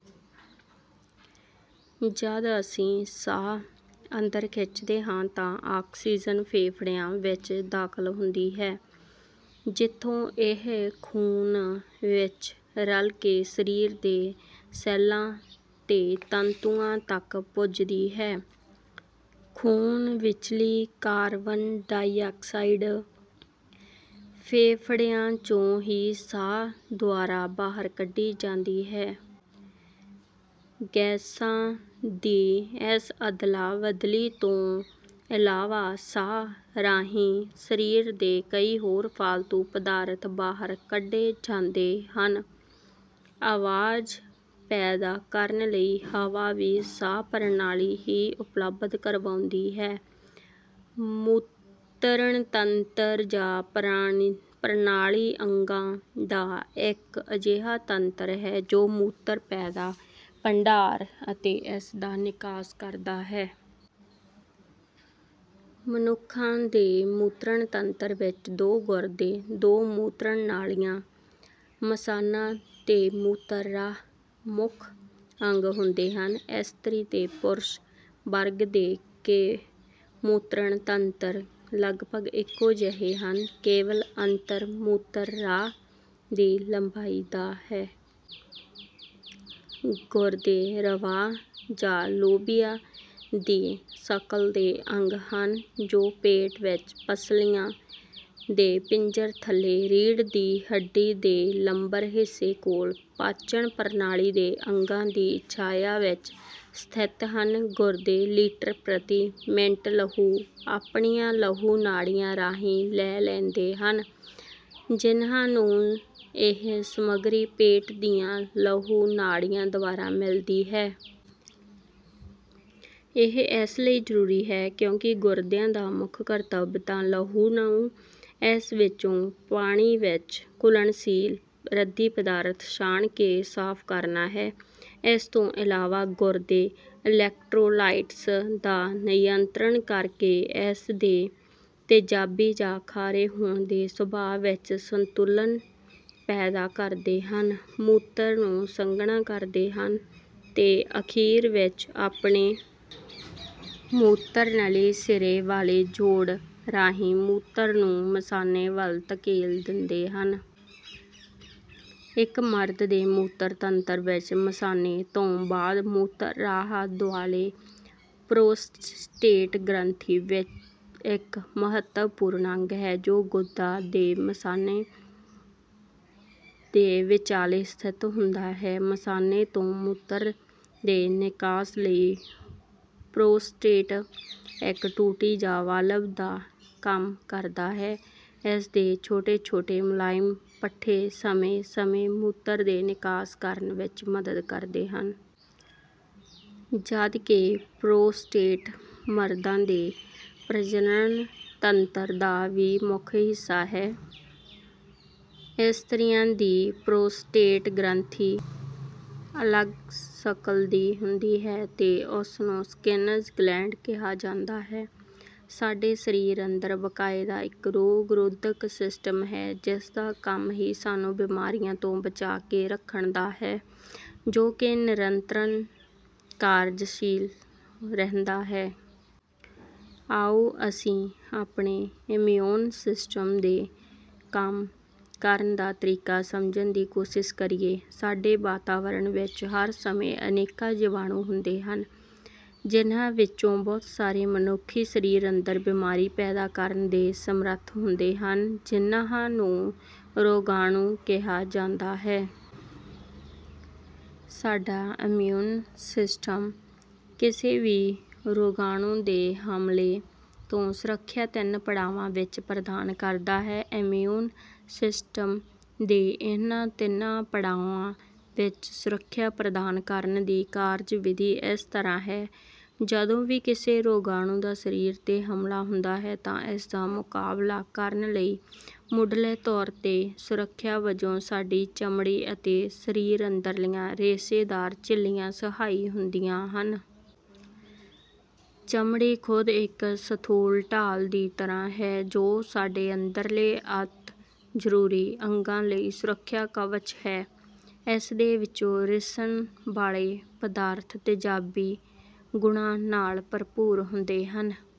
ਜਦ ਅਸੀਂ ਸਾਹ, ਅੰਦਰ ਖਿੱਚਦੇ ਹਾਂ ਤਾਂ ਆਕਸੀਜਨ ਫੇਫੜਿਆਂ ਵਿੱਚ ਦਾਖ਼ਲ ਹੁੰਦੀ ਹੈ ਜਿੱਥੋਂ ਇਹ ਖ਼ੂਨ ਵਿੱਚ ਰਲ ਕੇ ਸਰੀਰ ਦੇ ਸੈੱਲਾਂ ਤੇ ਤੰਤੂਆਂ ਤੱਕ ਪੁੱਜਦੀ ਹੈ। ਖ਼ੂਨ ਵਿਚਲੀ ਕਾਰਬਨ ਡਾਇਆਕਸਾਈਡ ਫੇਫੜਿਆਂ 'ਚੋਂ ਹੀ ਸਾਹ ਦੁਆਰਾ ਬਾਹਰ ਕੱਢੀ ਜਾਂਦੀ ਹੈ। ਗੈਸਾਂ ਦੀ ਇਸ ਅਦਲਾ-ਬਦਲੀ ਤੋਂ ਇਲਾਵਾ, ਸਾਹ ਰਾਹੀਂ ਸਰੀਰ ਦੇ ਕਈ ਹੋਰ ਫਾਲਤੂ ਪਦਾਰਥ ਬਾਹਰ ਕੱਢੇ ਜਾਂਦੇ ਹਨ। ਆਵਾਜ਼ ਪੈਦਾ ਕਰਨ ਲਈ ਹਵਾ ਵੀ ਸਾਹ ਪ੍ਰਣਾਲੀ ਹੀ ਉਪਲਬਧ ਕਰਵਾਉਂਦੀ ਹੈ। ਮੂਤਰਣ ਤੰਤਰ ਜਾਂ ਪ੍ਰਣਾਲੀ ਅੰਗਾਂ ਦਾ ਇੱਕ ਅਜਿਹਾ ਤੰਤਰ ਹੈ ਜੋ ਮੂਤਰ ਪੈਦਾ, ਭੰਡਾਰ ਅਤੇ ਇਸ ਦਾ ਨਿਕਾਸ ਕਰਦਾ ਹੈ। ਮਨੁੱਖਾਂ ਦੇ ਮੂਤਰਣ ਤੰਤਰ ਵਿੱਚ ਦੋ ਗੁਰਦੇ, ਦੋ ਮੂਤਰਣ ਨਾਲੀਆਂ, ਮਸਾਨਾ ਤੇ ਮੂਤਰ ਰਾਹ, ਮੁੱਖ ਅੰਗ ਹੁੰਦੇ ਹਨ। ਇਸਤਰੀ ਤੇ ਪੁਰਸ਼ ਵਰਗ ਦੇ ਮੂਤਰਣ ਤੰਤਰ ਲਗਭਗ ਇਕੋ ਜਿਹੇ ਹਨ, ਕੇਵਲ ਅੰਤਰ ਮੂਤਰ ਰਾਹ ਦੀ ਲੰਬਾਈ ਦਾ ਹੈ। ਗੁਰਦੇ ,ਰਵਾਂਹ ਜਾਂ ਲੋਬੀਆ ਦੀ ਸ਼ਕਲ ਦੇ ਅੰਗ ਹਨ ਜੋ ਪੇਟ ਵਿੱਚ ਪਸਲੀਆਂ ਦੇ ਪਿੰਜਰ ਥੱਲੇ, ਰੀੜ ਦੀ ਹੱਡੀ ਦੇ ਲੰਬਰ ਹਿੱਸੇ ਕੋਲ, ਪਾਚਣ ਪ੍ਰਣਾਲੀ ਦੇ ਅੰਗਾਂ ਦੀ ਛਾਇਆ ਵਿੱਚ ਸਥਿਤ ਹਨ। ਗੁਰਦੇ ਲਿਟਰ ਪ੍ਰਤੀ ਮਿੰਟ ਲਹੂ ਆਪਣੀਆਂ ਲਹੂ ਨਾੜੀਆਂ ਰਾਹੀਂ ਲੈ ਲੈਂਦੇ ਹਨ ਜਿਨ੍ਹਾਂ ਨੂੰ ਇਹ ਸਮੱਗਰੀ ਪੇਟ ਦੀਆਂ ਲਹੂ ਨਾੜੀਆਂ ਦਵਾਰਾ ਮਿਲਦੀ ਹੈ। ਇਹ ਇਸ ਲਈ ਜ਼ਰੂਰੀ ਹੈ, ਕਿਉਂਕਿ ਗੁਰਦਿਆਂ ਦਾ ਮੁੱਖ ਕਰਤਵ ਤਾਂ ਲਹੂ ਨੂੰ ,ਇਸ ਵਿਚੌਂ ਪਾਣੀ ਵਿੱਚ ਘੁਲਣਸ਼ੀਲ ਰੱਦੀ ਪਦਾਰਥ ਛਾਣ ਕੇ, ਸਾਫ਼ ਕਰਨਾ ਹੈ। ਇਸ ਤੌਂ ਇਲਾਵਾ ਗੁਰਦੇ ਈਲੈਕਟਰੋਲਾਈਟਸ ਦਾ ਨਿਯੰਤਰਣ ਕਰ ਕੇ ਇਸ ਦੇ ਤਿਜਾਬੀ ਜਾਂ ਖਾਰੇ ਹੋਣ ਦੇ ਸੁਭਾਅ ਵਿੱਚ ਸੰਤੁਲਨ ਪੈਦਾ ਕਰਦੇ ਹਨ, ਮੂਤਰ ਨੂੰ ਸੰਘਣਾ ਕਰਦੇ ਹਨ ਤੇ ਅਖੀਰ ਵਿੱਚ ਆਪਣੇ ਮੂਤਰਨਲੀ ਸਿਰੇ ਵਾਲੇ ਜੋੜ ਰਾਹੀਂ ਮੂਤਰ ਨੂੰ ਮਸਾਨੇ ਵਲ ਧਕੇਲ ਦਿੰਦੇ ਹਨ। ਇਕ ਮਰਦ ਦੇ ਮੂਤਰ ਤੰਤਰ ਵਿੱਚ ਮਸਾਨੇ ਤੌੰ ਬਾਦ ਮੂਤਰ ਰਾਹ ਦੁਆਲੇ ਪਰੋਸਟੇਟ ਗ੍ਰੰਥੀ ਇੱਕ ਮਹੱਤਵ ਪੂਰਨ ਅੰਗ ਹੈ ਜੋ ਗੁਦਾ ਤੇ ਮਸਾਨੇ ਦੇ ਵਿਚਾਲੇ ਸਥਿਤ ਹੁੰਦਾ ਹੈ। ਮਸਾਨੇ ਤੋਂ ਮੂਤਰ ਦੇ ਨਿਕਾਸ ਲਈ ਪਰੋਸਟੇਟ ਇੱਕ ਟੂਟੀ ਜਾਂ ਵਾਲਵ ਦਾ ਕੰਮ ਕਰਦਾ ਹੈ, ਇਸ ਦੇ ਛੋਟ ਛੋਟੇ ਮੁਲਾਇਮ ਪੱਠੇ ,ਸਮੇਂ ਸਮੇਂ ਮੂਤਰ ਦੇ ਨਿਕਾਸ ਕਰਨ ਵਿੱਚ ਮਦਦ ਕਰਦੇ ਹਨ। ਜਦ ਕਿ ਪਰੋਸਟੇਟ ਮਰਦਾਂ ਦੇ ਪ੍ਰਜਨਣ ਤੰਤਰ ਦਾ ਵੀ ਮੁਖ ਹਿੱਸਾ ਹੈ। ਇਸਤ੍ਰੀਆਂ ਦੀ ਪਰੋਸਟੇਟ ਗ੍ਰੰਥੀ ਅਲੱਗ ਸ਼ਕਲ ਦੀ ਹੁੰਦੀ ਹੈ ਤੇ ਉਸ ਨੂੰ ਸਕਿਨਜ਼ ਗਲੈਂਡ ਕਿਹਾ ਜਾਂਦਾ ਹੈ। ਸਾਡੇ ਸਰੀਰ ਅੰਦਰ ਬਕਾਇਦਾ ਇੱਕ ਰੋਗ-ਰੋਧਕ ਸਿਸਟਮ ਹੈ ਜਿਸਦਾ ਕੰਮ ਹੀ ਸਾਨੂੰ ਬੀਮਾਰੀਆਂ ਤੋਂ ਬਚਾ ਕੇ ਰੱਖਣ ਦਾ ਹੈ ਜੋ ਕਿ ਨਿਰੰਤਰ ਕਾਰਜਸ਼ੀਲ ਰਹਿੰਦਾ ਹੈ। ਆਓ ਅਸੀਂ ਆਪਣੇ ਇਮਿਊਨ ਸਿਸਟਮ ਦੇ ਕੰਮ ਕਰਨ ਦਾ ਤਰੀਕਾ ਸਮਝਣ ਦੀ ਕੋਸ਼ਿਸ ਕਰੀਏ। ਸਾਡੇ ਵਾਤਾਵਰਣ ਵਿੱਚ ਹਰ ਸਮੇਂ ਅਨੇਕਾਂ ਜੀਵਾਣੂ ਹੁੰਦੇ ਹਨ, ਜਿਨ੍ਹਾਂ ਵਿੱਚੋਂ ਬਹੁਤ ਸਾਰੇ ਮਨੁੱਖੀ ਸਰੀਰ ਅੰਦਰ ਬਿਮਾਰੀ ਪੈਦਾ ਕਰਨ ਦੇ ਸਮਰੱਥ ਹੁੰਦੇ ਹਨ, ਜਿਨ੍ਹਾਂ ਨੂੰ ਰੋਗਾਣੂ ਕਿਹਾ ਜਾਂਦਾ ਹੈ। ਸਾਡਾ ਇਮਿਊਨ ਸਿਸਟਮ ਕਿਸੇ ਵੀ ਰੋਗਾਣੂ ਦੇ ਹਮਲੇ ਤੋਂ ਸੁਰੱਖਿਆ ਤਿੰਨ ਪੜਾਵਾਂ ਵਿੱਚ ਪ੍ਰਦਾਨ ਕਰਦਾ ਹੈ। ਇਮਿਊਨ ਸਿਸਟਮ ਦੀ ਇਨ੍ਹਾਂ ਤਿੰਨਾਂ ਪੜਾਵਾਂ ਵਿੱਚ ਸੁਰੱਖਿਆ ਪ੍ਰਦਾਨ ਕਰਨ ਦੀ ਕਾਰਜ-ਵਿਧੀ ਇਸ ਤਰ੍ਹਾਂ ਹੈ। ਜਦੋਂ ਵੀ ਕਿਸੇ ਰੋਗਾਣੂ ਦਾ ਸਰੀਰ 'ਤੇ ਹਮਲਾ ਹੁੰਦਾ ਹੈ ਤਾਂ ਇਸਦਾ ਮੁਕਾਬਲਾ ਕਰਨ ਲਈ ਮੁਢਲੇ ਤੌਰ 'ਤੇ ਸੁਰੱਖਿਆ ਵਜੋਂ ਸਾਡੀ ਚਮੜੀ ਅਤੇ ਸਰੀਰ ਅੰਦਰਲੀਆਂ ਰੇਸ਼ੇਦਾਰ ਝਿੱਲੀਆਂ ਸਹਾਈ ਹੁੰਦੀਆਂ ਹਨ। ਚਮੜੀ ਖੁਦ ਇੱਕ ਸਥੂਲ ਢਾਲ ਦੀ ਤਰ੍ਹਾਂ ਹੈ ਜੋ ਸਾਡੇ ਅੰਦਰਲੇ ਅਤਿ ਜ਼ਰੂਰੀ ਅੰਗਾਂ ਲਈ ਸੁਰੱਖਿਆ ਕਵਚ ਹੈ। ਇਸਦੇ ਵਿੱਚੋਂ ਰਿਸਣ ਵਾਲੇ ਪਦਾਰਥ ਤੇਜ਼ਾਬੀ ਗੁਣਾਂ ਨਾਲ ਭਰਪੂਰ ਹੁੰਦੇ ਹਨ।